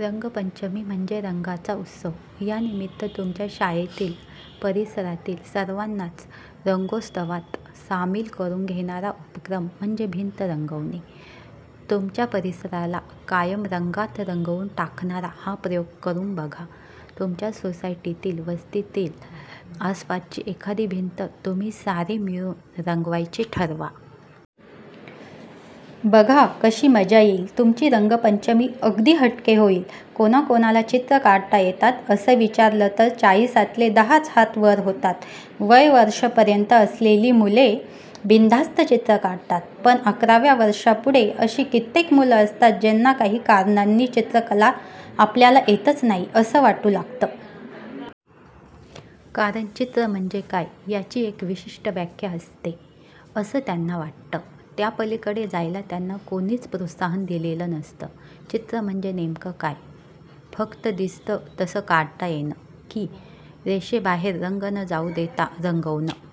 रंगपंचमी म्हणजे रंगांचा उत्सव. यानिमित्त तुमच्या शाळेतील, परिसरातील सर्वांनाच रंगोत्सवात सामील करून घेणारा उपक्रम म्हणजे भिंत रंगवणे. तुमच्या परिसराला कायम रंगांत रंगवून टाकणारा हा प्रयोग करून बघा! तुमच्या सोसायटीतील, वस्तीतील, आसपासची एखादी भिंत तुम्ही सारे मिळून रंगवायचे ठरवा. बघा, कशी मजा येईल! तुमची रंगपंचमी अगदी हटके होईल... "कोणाकोणाला चित्र काढता येतात? " असं विचारलं तर चाळिसातले दहाच हात वर होतात. वय वर्षे पर्यंत असलेली मुले बिनधास्त चित्रं काढतात, पण अकराव्या वर्षापुढे अशी कित्येक मुलं असतात ज्यांना काही कारणांनी चित्रकला आपल्याला येतच नाही असं वाटू लागतं. कारण चित्र म्हणजे काय, याची एक विशिष्ठ व्याख्या असते, असं त्यांना वाटतं. त्यापलीकडे जायला त्यांना कोणीच प्रोत्साहन दिलेलं नसतं. चित्र म्हणजे नेमकं काय? फक्त दिसतं तसं काढता येणं? की रेघेबाहेर रंग न जाऊ देता रंगवणं?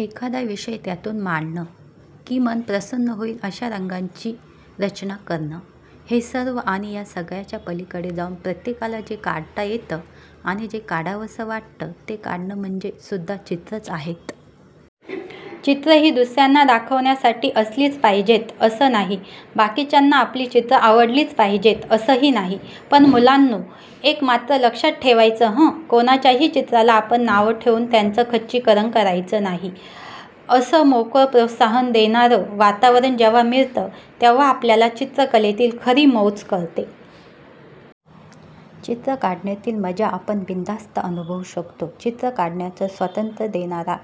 एखादा विषय त्यातून मांडणं? की मन प्रसन्न होईल अशा रंगांची रचना करणं? हे सर्व आणि या सगळ्याच्या पलीकडे जाऊन प्रत्येकाला जे काढता येतं आणि जे काढावंसं वाटतं ते काढणं म्हणजे सुद्धा चित्रच आहेत. चित्र ही दुसऱ्यांना दाखवण्यासाठी असलीच पाहिजेत असं नाही. बाकीच्यांना आपली चित्र आवडलीच पाहिजेत असंही नाही. पण मुलानो, एक मात्र लक्षात ठेवायचं हं, कोणाच्याही चित्राला आपण नावं ठेवून त्यांचं खच्चीकरण करायचं नाही. असं मोकलं, प्रोत्साहन देणारं वातावरण जेव्हा मिळत, तेव्हा आपल्याला चित्रकलेतली खरी मौज कळते. चित्रं काढण्यातील मजा आपण बिनधास्त अनुभवू शकतो. चित्र काढण्याचं स्वातंत्र्य देणारा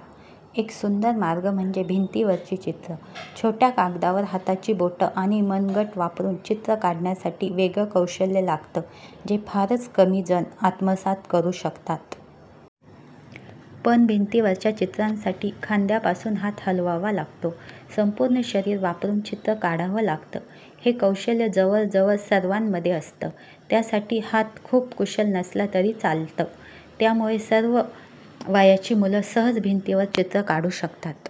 एक सुंदर मार्ग म्हणजे भिंतीवरची चित्र. छोट्या कागदावर हाताची बोटं आणि मनगट वापरून चित्र काढण्यासाठी वेगळं कौशल्य लागतं, जे फारच कमी जण आत्मसात करू शकतात. पण भिंतीवरच्या चित्रांसाठी खांद्यापासून हात हलवावा लागतो, संपूर्ण शरीर वापरून चित्र काढावं लागतं. हे कौशल्य जवळ जवळ सर्वांमध्ये असतं. त्यासाठी हात खूप कुशल नसला तरी चालतं. त्यामुळे सर्व वयाची मुलं सहज भिंतीवर चित्र काढू शकतात.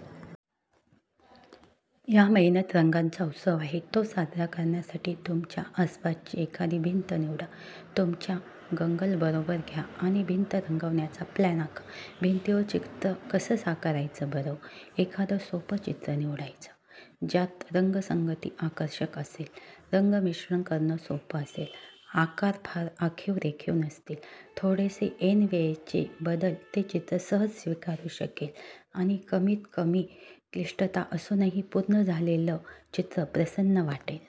या महिन्यात रंगांचा उत्सव आहे. तो साजरा करण्यासाठी तुमच्या आसपासची एखादी भिंत निवडा. तुमच्या गंगला बरोबर घ्या आणि भिंत रंगवण्याचा प्लान आखा. भिंतीवर चित्रं कसं साकारायचं बरं? -एखादं सोपं चित्र निवडायचं, ज्यात रंगसंगती आकर्षक असेल, रंग मिश्रणं करणं सोपं असेल, आकार फार आखीव रेखीव नसतील, थोडेसे ऐन वेळचे बदल ते चित्र सहज स्वीकारू शकेल आणि कमीत कमी क्लिष्टता असूनही पूर्ण झालेलं चित्र प्रसन्न वाटेल.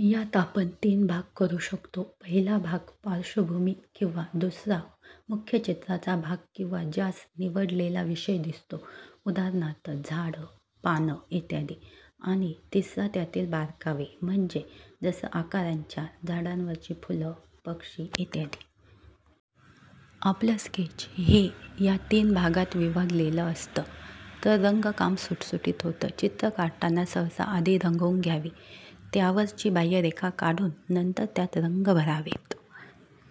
यात आपण तीन भाग करू शकतो पहिला भाग पार्श्वभूमी किंवा, दुसरा मुख्य चित्राचा भाग किंवा, ज्यात निवडलेला विषय दिसतो... उदाहरणार्थ झाडं, पानं इ., आणि तिसरा त्यातील बारकावे म्हणजे जसं आकारांच्या, झाडांवरची फुलं, पक्षी इत्यादी. आपलं स्केच हे या तीन भागांत विभागलेलं असलं तर रंगकाम सुटसुटीत होतं. चित्र काढताना सहसा आधी रंगवून घ्यावी, त्यावर ची बाह्यरेखा काढून नंतर त्यात रंग भरावेत.